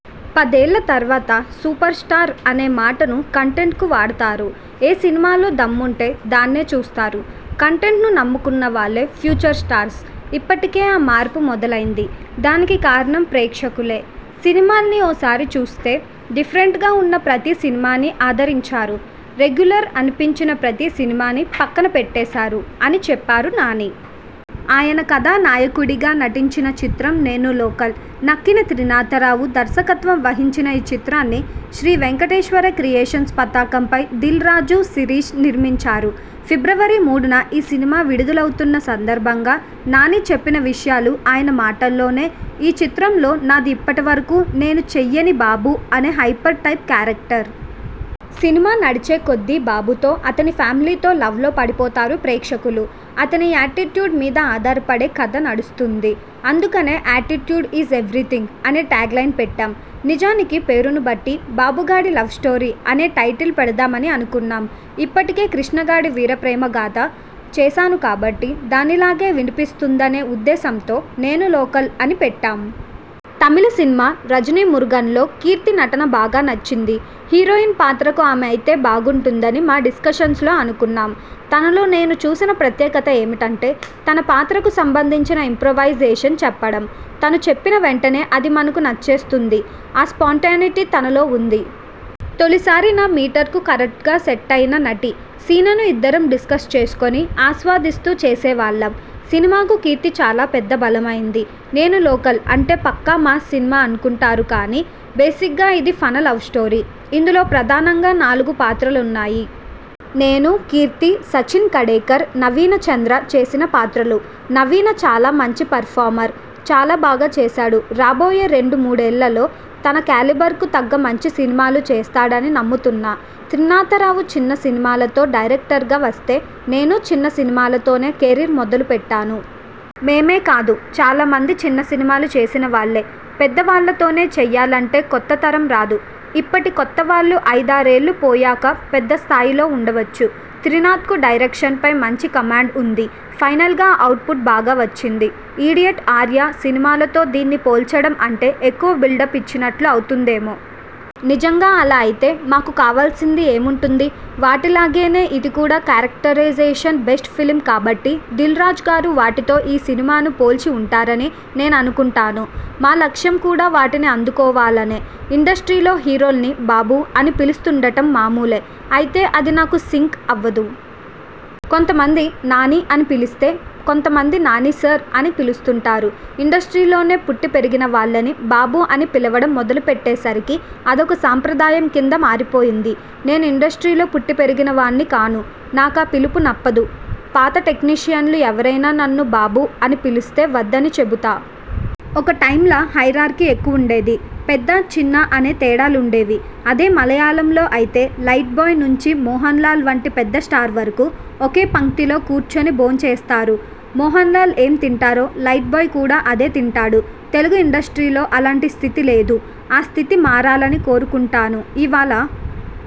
పదేళ్ల తర్వాత 'సూపర్స్టార్' అనే మాటను కంటెంట్కు వాడతారు. ఏ సినిమాలో దమ్ముంటే దాన్నే చూస్తారు. కంటెంట్ను నమ్ముకున్నవాళ్లే ఫ్యూచర్ స్టార్స్ ఇప్పటికే ఆ మార్పు మొదలైంది. దానికి కారణం ప్రేక్షకులే. సినిమాల్ని ఓసారి చూస్తే.. డిఫరెంట్గా ఉన్న ప్రతి సినిమానీ ఆదరించారు. రెగ్యులర్ అనిపించిన ప్రతి సినిమానీ పక్కన పెట్టేశారు'' అని చెప్పారు నాని. ఆయన కథానాయకుడిగా నటించిన చిత్రం 'నేను లోకల్'. నక్కిన త్రినాథరావు దర్శకత్వం వహించిన ఈ చిత్రాన్ని శ్రీ వెంకటేశ్వర క్రియేషన్స్ పతాకంపై దిల్ రాజు, శిరీష్ నిర్మించారు. ఫిబ్రవరి మూడున ఈ సినిమా విడుదలవుతున్న సందర్భంగా నాని చెప్పిన విషయాలు ఆయన మాటల్లోనేఈ చిత్రంలో నాది ఇప్పటివరకూ నేను చెయ్యని బాబు అనే హైపర్ టైప్ క్యారెక్టర్. సినిమా నడిచే కొద్దీ బాబుతో, అతని ఫ్యామిలీతో లవ్లో పడిపోతారు ప్రేక్షకులు. అతని యాటిట్యూడ్ మీద ఆధారపడే కథ నడుస్తుంది. అందుకనే 'యాటిట్యూడ్ ఈజ్ ఎవిరిథింగ్' అనే ట్యాగ్లైన్ పెట్టాం. నిజానికి పేరునుబట్టి 'బాబుగాడి లవ్స్టోరీ' అనే టైటిల్ పెడదామని అనుకున్నాం. ఇప్పటికే 'కృష్ణగాడి వీరప్రేమగాథ' చేశాను కాబట్టి, దానిలాగే వినిపిస్తుందనే ఉద్దేశంతో 'నేను లోకల్' అని పెట్టాం. తమిళ సినిమా 'రజనీ మురుగన్'లో కీర్తి నటన బాగా నచ్చింది. హీరోయిన్ పాత్రకు ఆమె అయితే బాగుంటుందని మా డిస్కషన్స్లో అనుకున్నాం. తనలో నేను చూసిన ప్రత్యేకత ఏమిటంటే.. తన పాత్రకు సంబంధించిన ఇంప్రొవైజేషన్ చెప్పడం. తను చెప్పిన వెంటనే అది మనకు నచ్చేస్తుంది. ఆ స్పాంటేనిటీ తనలో ఉంది. తొలిసారి నా మీటర్కు కరెక్టుగా సెట్ అయిన నటి. సీనను ఇద్దరం డిస్కస్ చేసుకొని, ఆస్వాదిస్తూ చేసేవాళ్లం. సినిమాకు కీర్తి చాలా పెద్ద బలమైంది. 'నేను లోకల్' అంటే పక్కా మాస్ సినిమా అనుకుంటారు కానీ, బేసిగ్గా ఇది ఫన లవ్స్టోరీ. ఇందులో ప్రధానంగా నాలుగు పాత్రలున్నాయి. నేను, కీర్తి, సచిన్ ఖడేకర్, నవీనచంద్ర చేసిన పాత్రలు. నవీన చాలా మంచి పర్ఫార్మర్. చాలా బాగా చేశాడు. రాబోయే రెండు మూడేళ్లలో తన కాలిబర్కు తగ్గ మంచి సినిమాలు చేస్తాడని నమ్ముతున్నా. త్రినాథరావు చిన్న సినిమాలతో డైరెక్టర్గా వస్తే, నేనూ చిన్న సినిమాలతోనే కెరీర్ మొదలుపెట్టాను. మేమే కాదు, చాలామంది చిన్న సినిమాలు చేసినవాళ్లే. పెద్దవాళ్లతోనే చెయ్యాలంటే కొత్త తరం రాదు. ఇప్పటి కొత్తవాళ్లు ఐదారేళ్లు పోయాక పెద్ద స్థాయిలో ఉండొచ్చు. త్రినాథ్కు డైరెక్షన్పై మంచి కమాండ్ ఉంది. ఫైనల్గా ఔట్పుట్ బాగా వచ్చింది. 'ఇడియట్', 'ఆర్య' సినిమాలతో దీన్ని పోల్చడం అంటే ఎక్కువ బిల్డప్ ఇచ్చినట్లు అవుతుందేమో. నిజంగా అలా అయితే మాకు కావాల్సింది ఏముంటుంది! వాటిలాగేనే ఇది కూడా క్యారెక్టరేజేషన్ బేస్డ్ ఫిల్మ్ కాబట్టి దిల్ రాజుగారు వాటితో ఈ సినిమాను పోల్చి ఉంటారని నేననుకుంటాను. మా లక్ష్యం కూడా వాటిని అందుకోవాలనే. ఇండస్ట్రీలో హీరోల్ని 'బాబు' అని పిలుస్తుండటం మామూలే. అయితే అది నాకు సింక్ అవదు. కొంతమంది 'నాని' అని పిలిస్తే, కొంతమంది 'నాని సార్' అని పిలుస్తుంటారు. ఇండస్ట్రీలోనే పుట్టి పెరిగినవాళ్లని బాబు అని పిలవడం మొదలుపెట్టేసరికి అదొక సాంప్రదాయం కింద మారిపోయింది. నేను ఇండస్ట్రీలో పుట్టిపెరిగినవాడ్ని కాను. నాకా పిలుపు నప్పదు. పాత టెక్నీషియన్లు ఎవరైనా నన్ను 'బాబూ' అని పిలిస్తే వద్దని చెబుతా. ఒక టైమ్లా హైరార్కీ ఎక్కువుండేది. పెద్ద, చిన్న అనే తేడాలుండేవి. అదే మలయాళంలో అయితే లైట్బాయ్ నుంచి మోహన్లాల్ వంటి పెద్ద స్టార్ వరకు ఒకే పంక్తిలో కూర్చొని భోంచేస్తారు. మోహన్లాల్ ఏం తింటారో, లైట్బాయ్ కూడా అదే తింటాడు. తెలుగు ఇండస్ట్రీలో అలాంటి స్థితి లేదు. ఆ స్థితి మారాలని కోరుకుంటాను. ఇవాళ